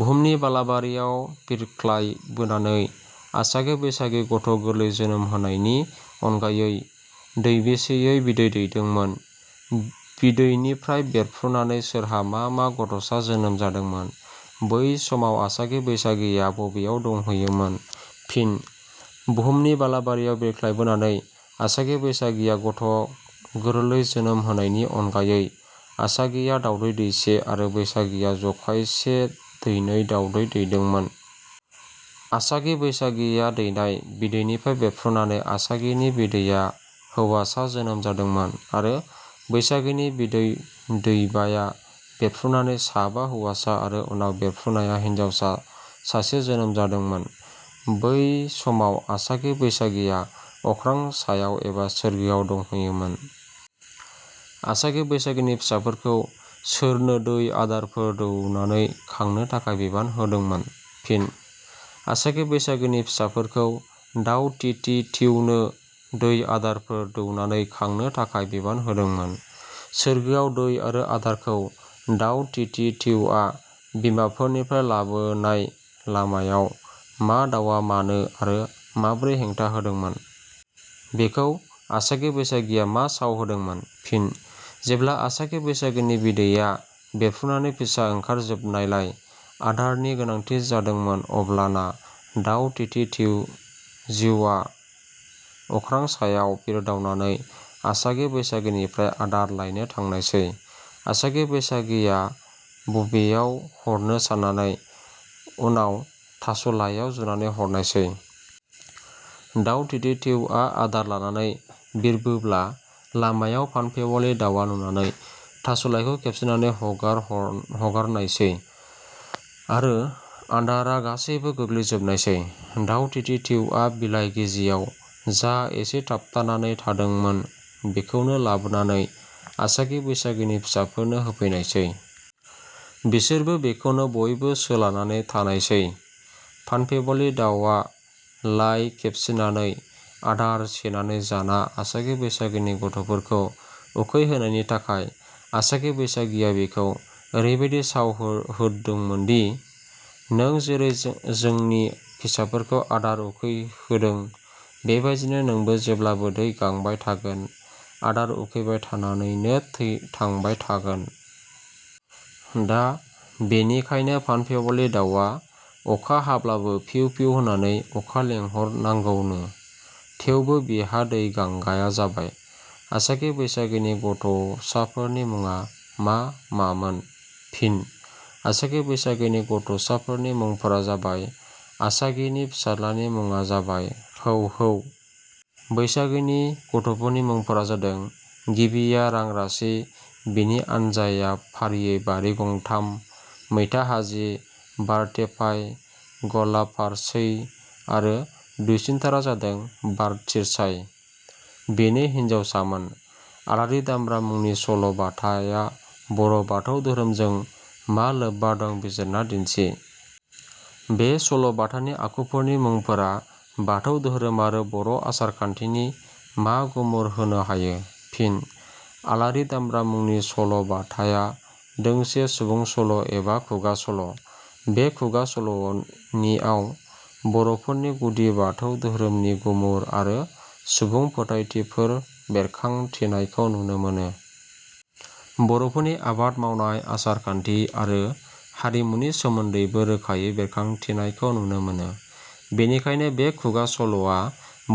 बुहुमनि बालाबारियाव बिरख्लायबोनानै आसागि बैसागिया गथ' गोरलै जोनोम होनायनि अनगायै दैबेसेयै बिदै दैदोंमोन? बिदैनिफ्राय बेरफ्रुनानै सोरहा मा मा गथ'सा जोनोम जादोंमोन? बै समाव आसागि बैसागिया बबेयाव दंहैयोमोन? फिन: बुहुमनि बालाबारियाव बिरख्लायबोनानै आसागि बैसागिया गथ' गोरलै जोनोम होनायनि अनगायै आसागिया दावदै दैसे आरो बैसागिया जखायसे दैनै दावदै दैदोंमोन। आसागि बैसागिया दैनाय बिदैनिफ्राय बेरफ्रुनानै आसागिनि बिदैआ हौवासा जोनोम जादोंमोन आरो बैसागिनि बिदै दैबाया बेरफ्रुनानै साबा हौवासा आरो उनाव बेरफ्रुनाया हिनजावसा सासे जोनोम जादोंमोन। बै समाव आसागि बैसागिया अख्रां सायाव एबा सोर्गोआव दंहैयोमोन।. असागि बैसागिनि फिसाफोरखौ सोरनो दै आदारफोर दौनानै खांनो थाखाय बिबान होदोंमोन? फिनः आसागि बैसागिनि फिसाफोरखौ दाउ थि थि थिउनो दै आदारफोर दौनानै खांनो थाखाय बिबान होदोंमोन्।. सोरगोआव दै आरो आदारखौ दाउ थि थि थिउआ बिमाफोरनिफ्राय लाबोनाय लामायाव मा दाउआ मानो आरो माबोरै हेंथा होदोंमोन? बेखौ आसागि बैसागिया मा साव होदोंमोन? फिनः जेब्ला आसागि बैसागिनि बिदैया बेरफुनानै फिसा ओंखारजोबनायलाय आदारनि गोनांथि जादोंमोन अब्लाना दाउ थि थि जिउआ अख्रां सायाव बिरदावनानै आसागि बैसागिनिफ्राय आदार लायनो थांनायसै। आसागि बैसागिया बबेयाव हरनो साननानै उनाव थास'लाइयाव जुनानै हरनायसै। दाउ थि थि थिउआ आदार लानानै बिरबोब्ला लामायाव फानफिवालि दाउआ नुनानै थास'लाइखौ खेबसिनानै हरगारनायसै आरो आदारा गासैबो गोग्लैजोबनायसै। दाउ थि थि थिउआ बिलाइ गिजियाव जा इसे थाबथानानै थादोंमोन बेखौनो लाबोनानै आसागि बैसागिनि फिसाफोरनो होफैनायसै। बिसोरबो बेखौनो बयबो सोलानानै थानायसै। फानफिवालि दाउआ लाइ खेबसिनानै आदार सेनानै जाना आसागि बैसागिनि गथ'फोरखौ उखै होनायनि थाखाय आसागि बैसागिया बिखौ एरैबादि साव होददोंमोन- "नों जेरै जोंनि फिसाफोरखौ आदार उखैहोदों बेबादिनो नोंबो जेब्लाबो दै गांबाय थागोन, आदार उखैबाय थानानैनो थांबाय थागोन"। दा बेनिखायनो फानफिवालि दाउवा अखा हाब्लाबो फिउ फिउ होननानै अखा लिंहर नांगौनो। थेवबो बिहा दै गांगाया जाबाय।. आसागि बैसागिनि गथ'साफोरनि मुङा मा मामोन? फिन: आसागि बैसागिनि गथ'साफोरनि मुंफोरा जाबाय- आसागिनि फिसाज्लानि मुङा जाबाय "हौ हौ"। बैसागिनि गथ'फोरनि मुंफोरा जादों गिबिया रांरासि, बिनि आनजाइया फारियै बारिगंथाम, मैथा हाजि, बारथेफाइ, गलाफारसै आरो दुइसिनथारा जादों बार थिरसाइ, बेनो हिनजावसामोन।. आलारि दामब्रा मुंनि सल' बाथाया बर' बाथौ धोरोमजों मा लोब्बा दं बिजिरना दिन्थि। बे सल' बाथानि आखुफोरनि मुंफोरा बाथौ धोरोम आरो बर' आसार खान्थिनि मा गुमुर होनो हायो? फिनः "आलारि दामब्रा" मुंनि सल' बाथाया दोंसे सुबुं सल' एबा खुगा सल'। बे खुगा सल'निआव बर'फोरनि गुदि बाथौ धोरोमनि गुमुर आरो सुबुं फोथायथिफोर बेरखांथिनायखौ नुनो मोनो। बर'फोरनि आबाद मावनाय, आसार खान्थि आरो हारिमुनि सोमोन्दैबो रोखायै बेरखांथिनायखौ नुनो मोनो। बेनिखायनो बे खुगा सल'आ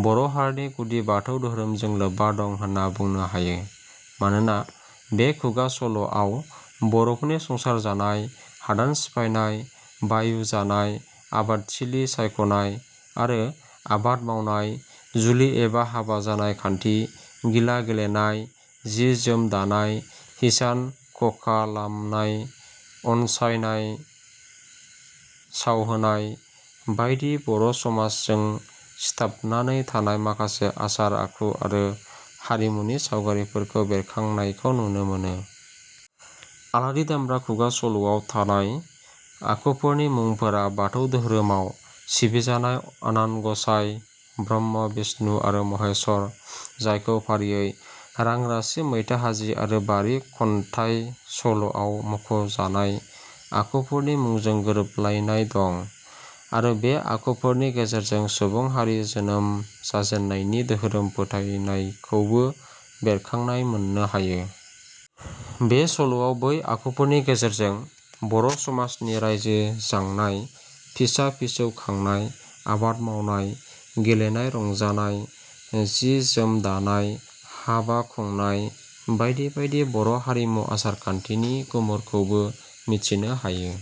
बर' हारिनि गुदि बाथौ धोरोमजों लेब्बा दं होनना बुंनो हायो। मानोना बे खुगा सल'आव बर'फोरनि संसार जानाय, हादान सिफायनाय, बायु जानाय, आबादथिलि सायख'नाय आरो आबाद मावनाय, जुलि एबा हाबा जानाय खान्थि, गिला गेलेनाय, सि जोम दानाय, हिंसा खखालामनाय, अनसायनय, सावहोनाय बायदि बर' समाजजों सिथाबनानै थानाय माखसे आसार आखु आरो हारिमुनि सावगारिफोरखौ बेरखांनायखौ नुनो मोनो। "आलारि दामब्रा" खुगा सल'आव थानाय आखुफोरनि मुंफोरा बाथौ धोरोमआव सिबिजानाय आनान गसाइ ब्रह्मा, बिष्णु आरो महेश्वर जायखौ फारियै रां-रासि, मैथाहाजि आरो बारि खनथाय सल'आव मुंखजानाय आखुफोरनि मुंजों गोरोबलायनाय दं। आरो बे आखु फोरनि गेजेरजों सुबुं हारि जोनोम जाजेननायनि धोरोम फोथायनायखौबो बेरखांनाय मोननो हायो। बे सल'आव बै आखुफोरनि गेजेरजों बर' समाजनि रायजो जांनाय, फिसा-फिसौ खांनाय, आबाद मावनाय, गेलेनाय रंजानाय, सि जोम दानाय, हाबा खुंनाय बायदि बायदि बर' हारिमु आसार खान्थिनि गुमुरखौबो मिथिनो हायो।.